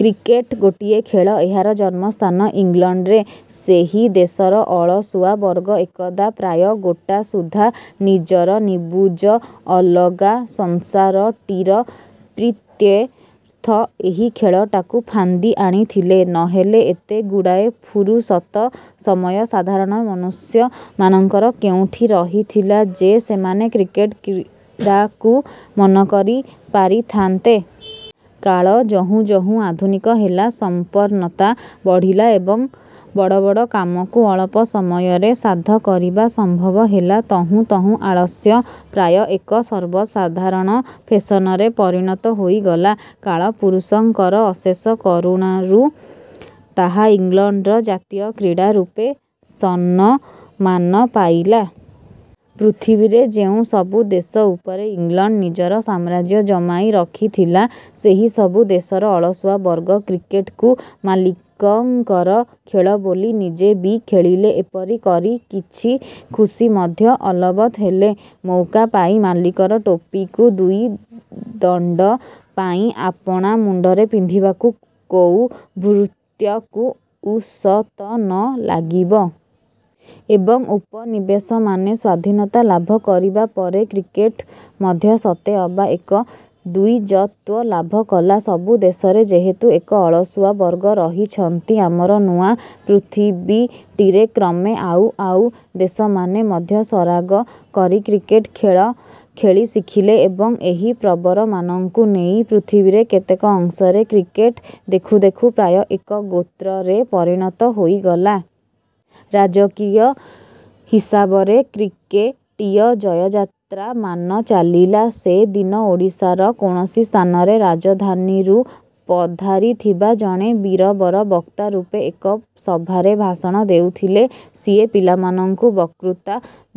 Cricket ଗୋଟିଏ ଖେଳ। ଏହାର ଜନ୍ମସ୍ଥାନ ଇଂଲଣ୍ଡରେ। ସେହି ଦେଶର ଅଳସୁଆବର୍ଗ ଏକଦା ପ୍ରାୟ ଗୋଟାସୁଦ୍ଧା ନିଜର ନିବୁଜ ଅଲଗା ସଂସାରଟିର ପ୍ରୀତ୍ୟର୍ଥ ଏହି ଖେଳଟିକୁ ଫାନ୍ଦି ଆଣିଥିଲେ। ନହେଲେ ଏତେଗୁଡ଼ାଏ ଫୁରୁସତ୍ ସମୟ ସାଧାରଣ ମନୁଷ୍ୟମାନଙ୍କର କେଉଁଠି ରହିଥିଲା ଯେ, ସେମାନେ କ୍ରିକେଟ କ୍ରୀଡ଼ାକୁ ମନକରି ପାରିଥାନ୍ତେ? କାଳ ଯହୁଁ ଯହୁଁ ଆଧୁନିକ ହେଲା, ସମ୍ପନ୍ନତା ବଢ଼ିଲା ଏବଂ ବଡ଼ ବଡ଼ କାମକୁ ଅଳପ ସମୟରେ ସାଧ୍ୟ କରିବା ସମ୍ଭବ ହେଲା ତହୁଁ ତହୁଁ ଆଳସ୍ୟ ପ୍ରାୟ ଏକ ସର୍ବସାଧାରଣ ଫେଶନରେ ପରିଣତ ହୋଇଗଲା। କାଳପୁରୁଷଙ୍କର ଅଶେଷ କରୁଣାରୁ ତାହା ଇଂଲଣ୍ଡର ଜାତୀୟ କ୍ରୀଡ଼ା ରୂପେ ସନମାନ ପାଇଲା। ପୃଥିବୀରେ ଯେଉଁ ସବୁ ଦେଶ ଉପରେ ଇଂଲଣ୍ଡ ନିଜର ସାମ୍ରାଜ୍ୟ ଜମାଇ ରଖିଥିଲା, ସେହିସବୁ ଦେଶର ଅଳସୁଆ ବର୍ଗ କ୍ରିକେଟ୍କୁ ମାଲିକଙ୍କର ଖେଳ ବୋଲି ନିଜେ ବି ଖେଳିଲେ, ଏପରି କରି କିଛି ଖୁସି ମଧ୍ୟ ଅଲବତ ହେଲେ। ମଉକା ପାଇ ମାଲିକର ଟୋପିକୁ ଦୁଇ ଦଣ୍ଡ ପାଇଁ ଆପଣା ମୁଣ୍ଡରେ ପିନ୍ଧିବାକୁ କୋଉ ଭୃତ୍ୟକୁ ଉଷତ ନ ଲାଗିବ? ଏବଂ ଉପନିବେଶମାନେ ସ୍ୱାଧୀନତା ଲାଭ କରିବା ପରେ କ୍ରିକେଟ ମଧ୍ୟ ସତେ ଅବା ଏକ ଦ୍ୱିଜତ୍ୱ ଲାଭ କଲା। ସବୁ ଦେଶରେ ଯେହେତୁ ଏକ ଅଳସୁଆ ବର୍ଗ ରହିଛନ୍ତି, ଆମର ନୂଆ ପୃଥିବୀଟିରେ କ୍ରମେ ଆଉ ଆଉ ଦେଶମାନେ ମଧ୍ୟ ସରାଗ କରି କ୍ରିକେଟ ଖେଳ ଖେଳି ଶିଖିଲେ ଏବଂ ଏହି ପ୍ରବରମାନଙ୍କୁ ନେଇ ପୃଥିବୀରେ କେତେକ ଅଂଶରେ କ୍ରିକେଟ ଦେଖୁ ଦେଖୁ ପ୍ରାୟ ଏକ ଗୋତ୍ରରେ ପରିଣତ ହୋଇଗଲା। ରାଜକୀୟ ହିସାବରେ କ୍ରିକେଟୀୟ ଜୟଯାତ୍ରାମାନ ଚାଲିଲା। ସେଦିନ ଓଡ଼ିଶାର କୌଣସି ସ୍ଥାନରେ ରାଜଧାନୀରୁ ପଧାରିଥିବା ଜଣେ ବୀରବର ବକ୍ତା ରୂପେ ଏକ ସଭାରେ ଭାଷଣ ଦେଉଥିଲେ, ସିଏ ପିଲାମାନଙ୍କୁ ବକ୍ତୃତା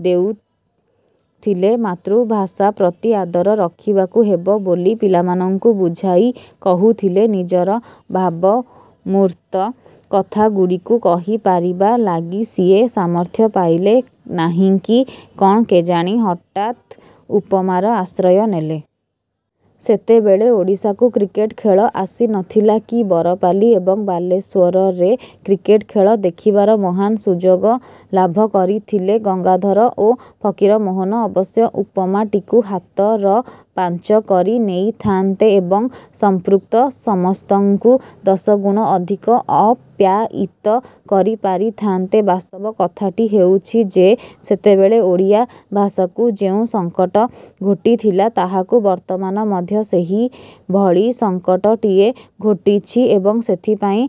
ଦେଉଥିଲେ। ମାତୃଭାଷା ପ୍ରତି ଆଦର ରଖିବାକୁ ହେବ ବୋଲି ପିଲାମାନଙ୍କୁ ବୁଝାଇ କହୁଥିଲେ। ନିଜର ଭାବମୂର୍ତ୍ତ କଥାଗୁଡ଼ିକୁ କହି ପାରିବା ଲାଗି ସିଏ ସାମର୍ଥ୍ୟ ପାଇଲେ ନାହିଁକି କଣ କେଜାଣି, ହଠାତ୍ ଉପମାର ଆଶ୍ରୟ ନେଲେ। ସେତେବେଳେ ଓଡ଼ିଶାକୁ କ୍ରିକେଟ ଖେଳ ଆସିନଥିଲା କି? ବରପାଲି ଏବଂ ବାଲେଶ୍ୱରରେ କ୍ରିକେଟ ଖେଳ ଦେଖିବାର ମହାନ୍ ସୁଯୋଗ ଲାଭ କରିଥିଲେ ଗଙ୍ଗାଧର ଓ ଫକୀରମୋହନ ଅବଶ୍ୟ ଉପମାଟିକୁ ହାତରପାଞ୍ଚ କରି ନେଇଥାନ୍ତେ ଏବଂ ସମ୍ପୃକ୍ତ ସମସ୍ତଙ୍କୁ ଦଶଗୁଣ ଅଧିକ ଆପ୍ୟାୟିତ କରିପାରିଥାନ୍ତେ। ବାସ୍ତବ କଥାଟି ହେଉଛି ଯେ, ସେତେବେଳେ ଓଡ଼ିଆ ଭାଷାକୁ ଯେଉଁ ସଂକଟ ଘୋଟିଥିଲା ତାହାକୁ ବର୍ତ୍ତମାନ ମଧ୍ୟ ସେହିଭଳି ସଂକଟଟିଏ ଘୋଟିଛି ଏବଂ ସେଥିପାଇଁ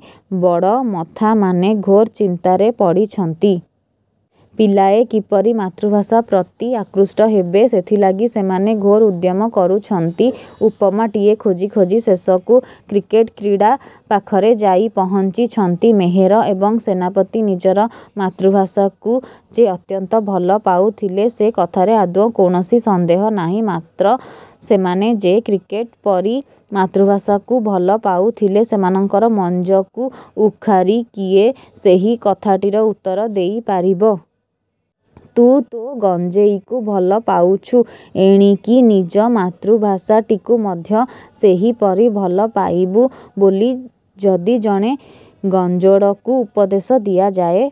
ବଡ଼ମଥାମାନେ ଘୋର ଚିନ୍ତାରେ ପଡ଼ିଛନ୍ତି। ପିଲାଏ କିପରି ମାତୃଭାଷା ପ୍ରତି ଆକୃଷ୍ଟ ହେବେ, ସେଥିଲାଗି ସେମାନେ ଘୋର ଉଦ୍ୟମ କରୁଛନ୍ତି। ଉପମାଟିଏ ଖୋଜି ଖୋଜି ଶେଷକୁ କ୍ରିକେଟ କ୍ରୀଡ଼ା ପାଖରେ ଯାଇ ପହଞ୍ଚିଛନ୍ତି। ମେହେର ଏବଂ ସେନାପତି ନିଜର ମାତୃଭାଷାକୁ ଯେ ଅତ୍ୟନ୍ତ ଭଲ ପାଉଥିଲେ, ସେ କଥାରେ ଆଦୌ କୌଣସି ସନ୍ଦେହ ନାହିଁ ମାତ୍ର ସେମାନେ ଯେ କ୍ରିକେଟ ପରି ମାତୃଭାଷାକୁ ଭଲ ପାଉଥିଲେ, ସେମାନଙ୍କର ମଞ୍ଜକୁ ଉଖାରି କିଏ ସେହି କଥାଟିର ଉତ୍ତର ଦେଇପାରିବ? ତୁ ତୋ ଗଞ୍ଜେଇକୁ ଭଲ ପାଉଛୁ, ଏଣିକି ନିଜ ମାତୃଭାଷାଟିକୁ ମଧ୍ୟ ସେହିପରି ଭଲ ପାଇବୁ ବୋଲି ଯଦି ଜଣେ ଗଞ୍ଜୋଡ଼କୁ ଉପଦେଶ ଦିଆଯାଏ